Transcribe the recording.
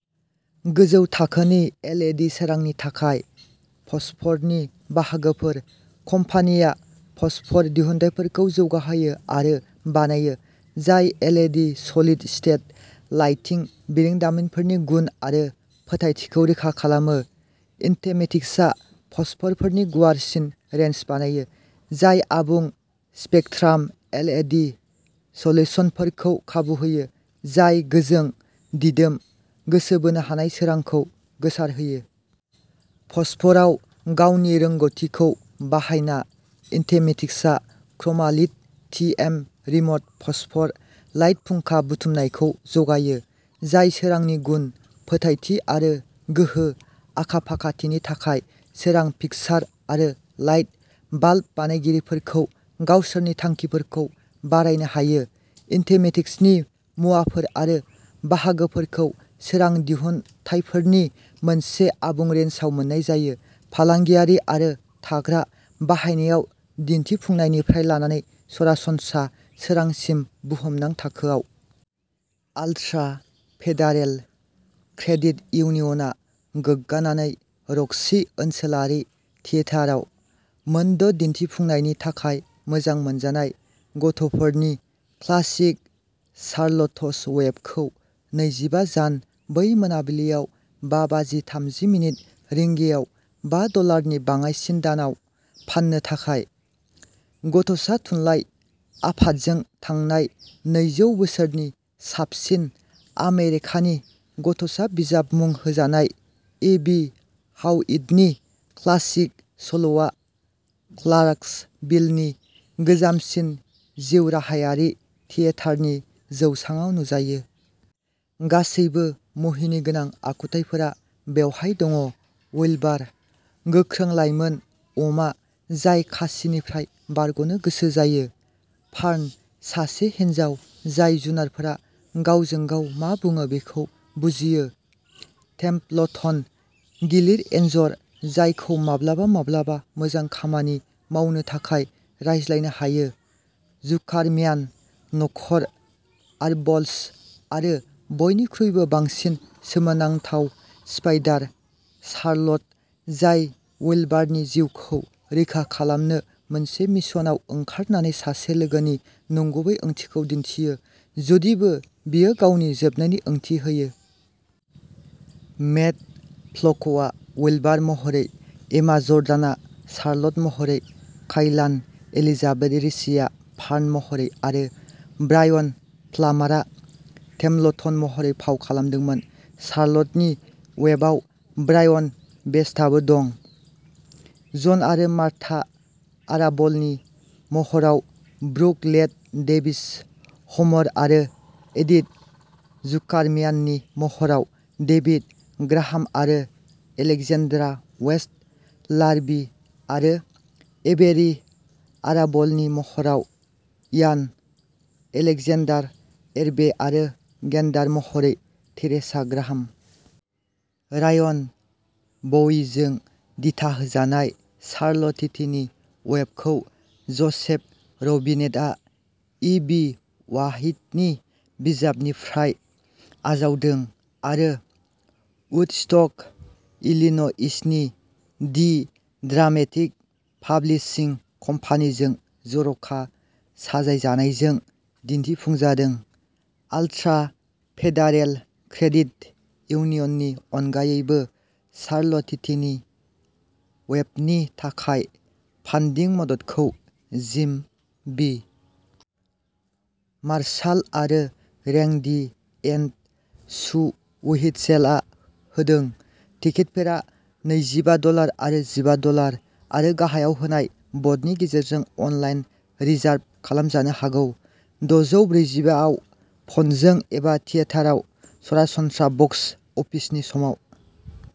गोजौ थाखोनि L E D सोरांनि थाखाय फस्फरनि बाहागोफोर। कम्पानिया फस्फर दिहुनथायफोरखौ जौगाहोयो आरो बानायो जाय L E D solid state lighting बिरोंदामिनफोरनि गुन आरो फोथायथिखौ रोखा खालामो। इन्टेमेटिक्सआ फस्फरफोरनि गुवारसिन रेन्ज बानायो, जाय आबुं स्पेकट्राम एल इ डि सल्युसनफोरखौ खाबु होयो जाय गोजों, दिदोम, गोसो बोनो हानाय सोरांखौ गोसारहोयो। फस्फरआव गावनि रोंग'थिखौ बाहायना, इन्टेमेटिक्सआ ChromaLit T M remote phosphor light फुंखा बुथुमनायखौ जगायो जाय सोरांनि गुन, फोथायथि आरो गोहो आखाफाखाथिनि थाखाय सोरां फिक्सार आरो लाइट बाल्ब बानायगिरिफोरखौ गावसोरनि थांखिफोरखौ बारायनो हायो। इन्टेमेटिक्सनि मुवाफोर आरो बाहागोफोरखौ सोरां दिहुनथायफोरनि मोनसे आबुं रेन्जआव मोन्नाय जायो फालांगियारि आरो थाग्रा बाहायनायाव दिन्थिफुंनायनिफ्राय लानानै सरासनस्रा सोरांसिम बुहुमनां थाखोआव। आल्ट्रा फेडारेल क्रेडिट इउनियना गोग्गानायै र'क्सी ओनसोलारि थियेटारआव मोनद' दिन्थिफुंनायनि थाखाय मोजां मोनजानाय गथ'फोरनि क्लासिक सारलथस वेबखौ नैजिबा जान बै मोनाबिलियाव बा बाजि थामजि मिनिट रिंगायाव बा डलारनि बाङाइसिन दानआव फान्नो थाखाय। गथ'सा थुनलाइ आफादजों थांनाय नैजौ बोसोरनि साबसिन आमेरिकानि गथ'सा बिजाब मुं होजानाय, इ बि ह्वाइटनि क्लासिक सल'आ क्लार्कसभिलनि गोजामसिन जिउराहायारि थियेटारनि जौसाङाव नुजायो। गासैबो मुहिनिगोनां आखुथाइफोरा बेवहाय दङ विल्बार, गोख्रों लाइमोन अमा जाय खासिनिफ्राय बारग'नो गोसो जायो। फार्न, सासे हिनजाव जाय जुनारफोरा गावजों-गाव मा बुङो बेखौ बुजियो टेम्पलटन, गिलिर एनजर जायखौ माब्लाबा-माब्लाबा मोजां खामानि मावनो थाखाय रायज्लायनो हायो जुकारम्यान नखर, आरबल्स, आरो बयनिख्रुइबो बांसिन, सोमोनांथाव स्पाइडार, शार्लट, जाय विल्बारनि जिउखौ रैखा खालामनो मोनसे मिशनआव ओंखारनानै सासे लोगोनि नंगुबै ओंथिखौ दिन्थियो, जुदिबो बेयो गावनि जोबनायनि ओंथि होयो। मेट फ्ल'क'आ विल्बार महरै, एमा जर्डानआ शार्लट महरै, काइलान एलिजाबेथ रिचीआ फार्न महरै आरो ब्रायन प्लामारआ टेम्पलटन महरै फाव खालामदोंमोन, चार्ल'टनि वेबआव ब्रायन बेस्टआबो दं। जन आरो मार्था आराबलनि महराव ब्रुक लेइ डेभिस, ह'मर आरो एडिथ जुकारम्याननि महराव डेभिड ग्राहाम आरो एलेक्जेन्ड्रा वेस्ट, लार्भि आरो एभेरि आराबलनि महराव इयान एलेक्जेन्डार एरबे, आरो गेन्डार महरै थेरेसा ग्राहाम। रायन बवीजों दिथाहोजानाय, चार्ल'ट्टीनि वेबखौ ज'सेफ रबिनेटआ इ बी व्हाइटनि बिजाबनिफ्राय आजावदों, आरो वुडस्टक, इलिन'इसनि दि ड्रामेटिक पाब्लिशिं कम्पानिजों जर'खा साजायनायजों दिन्थिफुंजादों। आल्ट्रा फेडारेल क्रेडिट इउनियननि अनगायैबो, चार्ल'ट्टीनि वेबनि थाखाय फान्डिं मददखौ जिम बी. मार्शाल आरो रेंडी एन्ड सु व्हीटसेलआ होदों। टिकेटफोरा नैजिबा डलार आरो जिबा डलार आरो गाहायाव होनाय बाटननि गेजेरजों अनलाइन रिजार्भ खालामजानो हागौ, दजौ ब्रैजिबा आव फनजों, एबा थियेटारआव सरासनस्रा बक्स अफिसनि समाव।